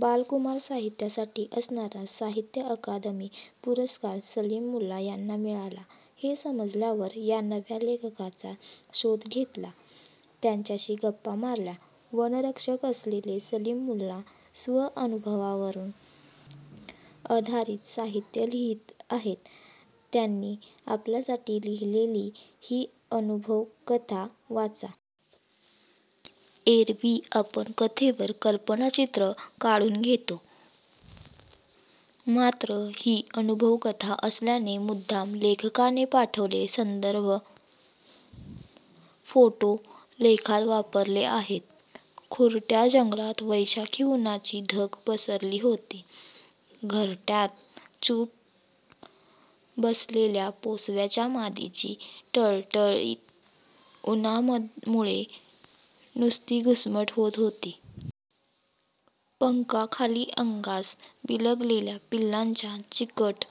बाल-कुमार साहित्यासाठी असणारा साहित्य अकादमी पुरस्कार सलीम मुल्ला यांना मिळाला हे समजल्यावर या नव्या लेखकाचा शोध घेतला. त्यांच्याशी गप्पा मारल्या. वनरक्षक असलेले सलीम मुल्ला स्वानुभवावर आधारित साहित्य लिहीत आहेत. त्यांनी आपल्यासाठी लिहिलेली ही अनुभव-कथा वाचा. एरवी आपण कथेवर कल्पनाचित्र काढून घेतो, मात्र ही अनुभव-कथा असल्याने मुद्दाम लेखकाने पाठवलेले संदर्भ-फोटो लेखात वापरले आहेत. खुरट्या जंगलात वैशाखी उन्हाची धग पसरली होती. घरट्यात चुप्प बसलेल्या पोसव्याच्या मादीची टळटळीत उन्हामुळे नुसती घुसमट होत होती. पंखाखाली अंगास बिलगलेल्या पिलांच्या चिकट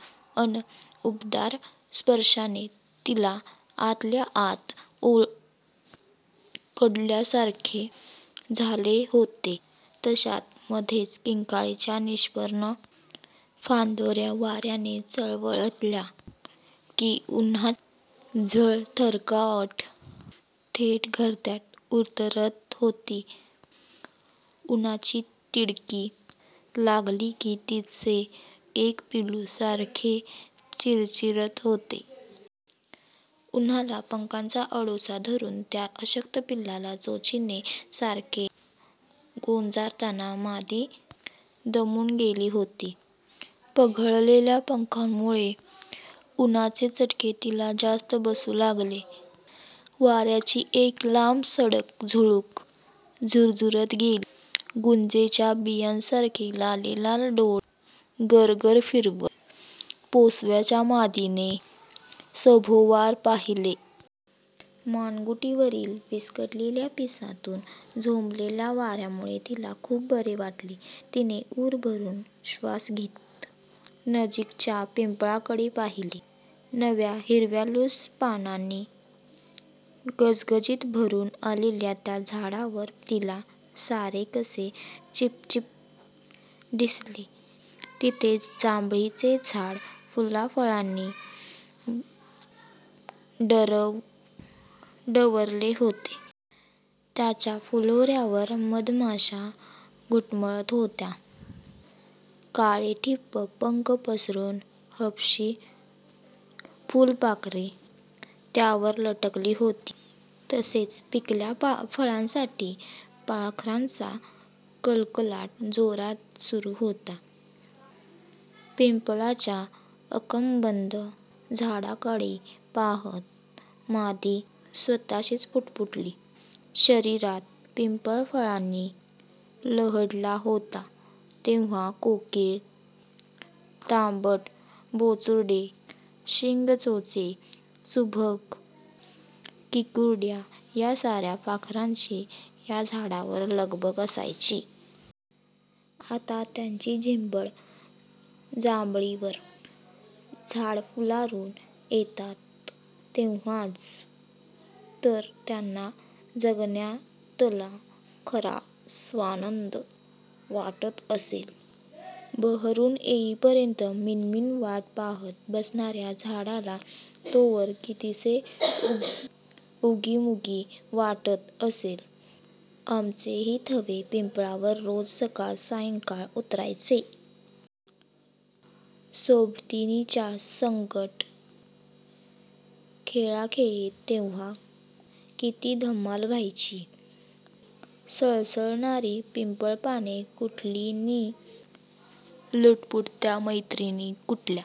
अन् उबदार स्पर्शाने तिला आतल्या आत उकडल्यासारखे झाले होते. तशात मध्येच किंजळीच्या निष्पर्ण फांदोऱ्या वाऱ्याने चळवळल्या की, उन्हाची झळ थरकावत थेट घरट्यात उतरत होती. उन्हाची तिडीक लागली की, तिचे एक पिलू सारखे चिरचिरत होते. उन्हाला पंखाचा आडोसा धरून त्या अशक्त पिलाला चोचीने सारखे गोंजारताना मादी दमून गेली होती. पघळलेल्या पंखामुळे उन्हाचे चटके तिला जास्त बसू लागले. वाऱ्याची एक लांबसडक झुळूक झुरझुरत गेली. गुंजेच्या बियांसारखे लालेलाल डोळे गरगर फिरवत पोसव्याच्या मादीने सभोवार पाहिले. मानगुटीवरील विस्कटलेल्या पिसांतून झोंबलेल्या वाऱ्यामुळे तिला खूप बरे वाटले. तिने ऊर भरून श्वास घेत नजीकच्या पिंपळाकडे पाहिले. नव्या हिरव्यालुस्स पानांनी गजगजीत भरून आलेल्या त्या झाडावर तिला सारे कसे चिडीचिप्प दिसले. तिथेच जांभळीचे झाड फुलाफळांनी डवरले होते. त्याच्या फुलोऱ्यावर मधमाशा घुटमळत होत्या. काळेठिप्प पंख पसरून हबशी फुलपाखरे त्यावर लटकली होती. तसेच पिकल्या फळांसाठी पाखरांचा कलकलाट जोरात सुरू होता. पिंपळाच्या आकबंद झाडाकडे पाहत मादी स्वतःशीच पुटपुटली, 'शिशिरात पिंपळ फळांनी लहडला होता तेव्हा कोकिळ, तांबट, बोचुर्डे, शिंगचोचे, सुभग, किंकुडऱ्या या साऱ्या पाखरांची या झाडावर लगबग असायची. आता त्यांची झिम्मड जांभळीवर..! झाडं फुल्लारून येतात तेव्हाच तर त्यांना जगण्यातला खरा स्वानंद वाटत असेल. बहरून येईपर्यंत मिणमिण वाट पाहत बसणाऱ्या झाडाला तोवर कितीसे उगीमुगी वाटत असेल! आमचेही थवे पिंपळावर रोज सकाळ-सायंकाळ उतरायचे. सोबतीणीच्या संगट खेळाखेळीत तेव्हा किती धम्माल व्हायची? सळसळणारी पिंपळपाने कुठली नि लुटपुटत्या मैत्रिणी कुठल्या!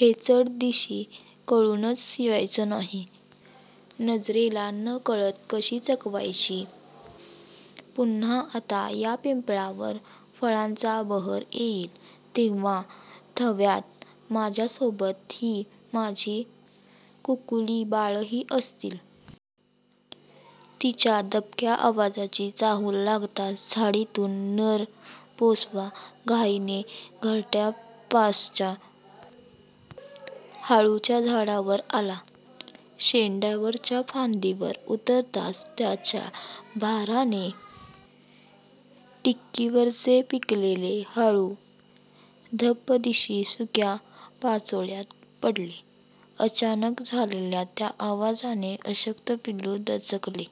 हे चटदिशी कळूनच यायचं नाही! नजरेला नकळत कशी चकवायची! पुन्हा आता या पिंपळावर फळांचा बहर येईल तेव्हा थव्यात माझ्यासोबत ही माझी कुकुलीबाळंही असतील. तिच्या दबक्या आवाजाची चाहूल लागताच झाडीतून नर पोसवा घाईने घरट्यापासच्या हाळूच्या झाडावर आला. शेंड्यावरच्या फांदीवर उतरताच त्याच्या भाराने टिक्कीवरचे पिकलेले हाळू धप्पदिशी सुक्या पाचोळ्यात पडले. अचानक झालेल्या त्या आवाजाने अशक्त पिलू दचकले.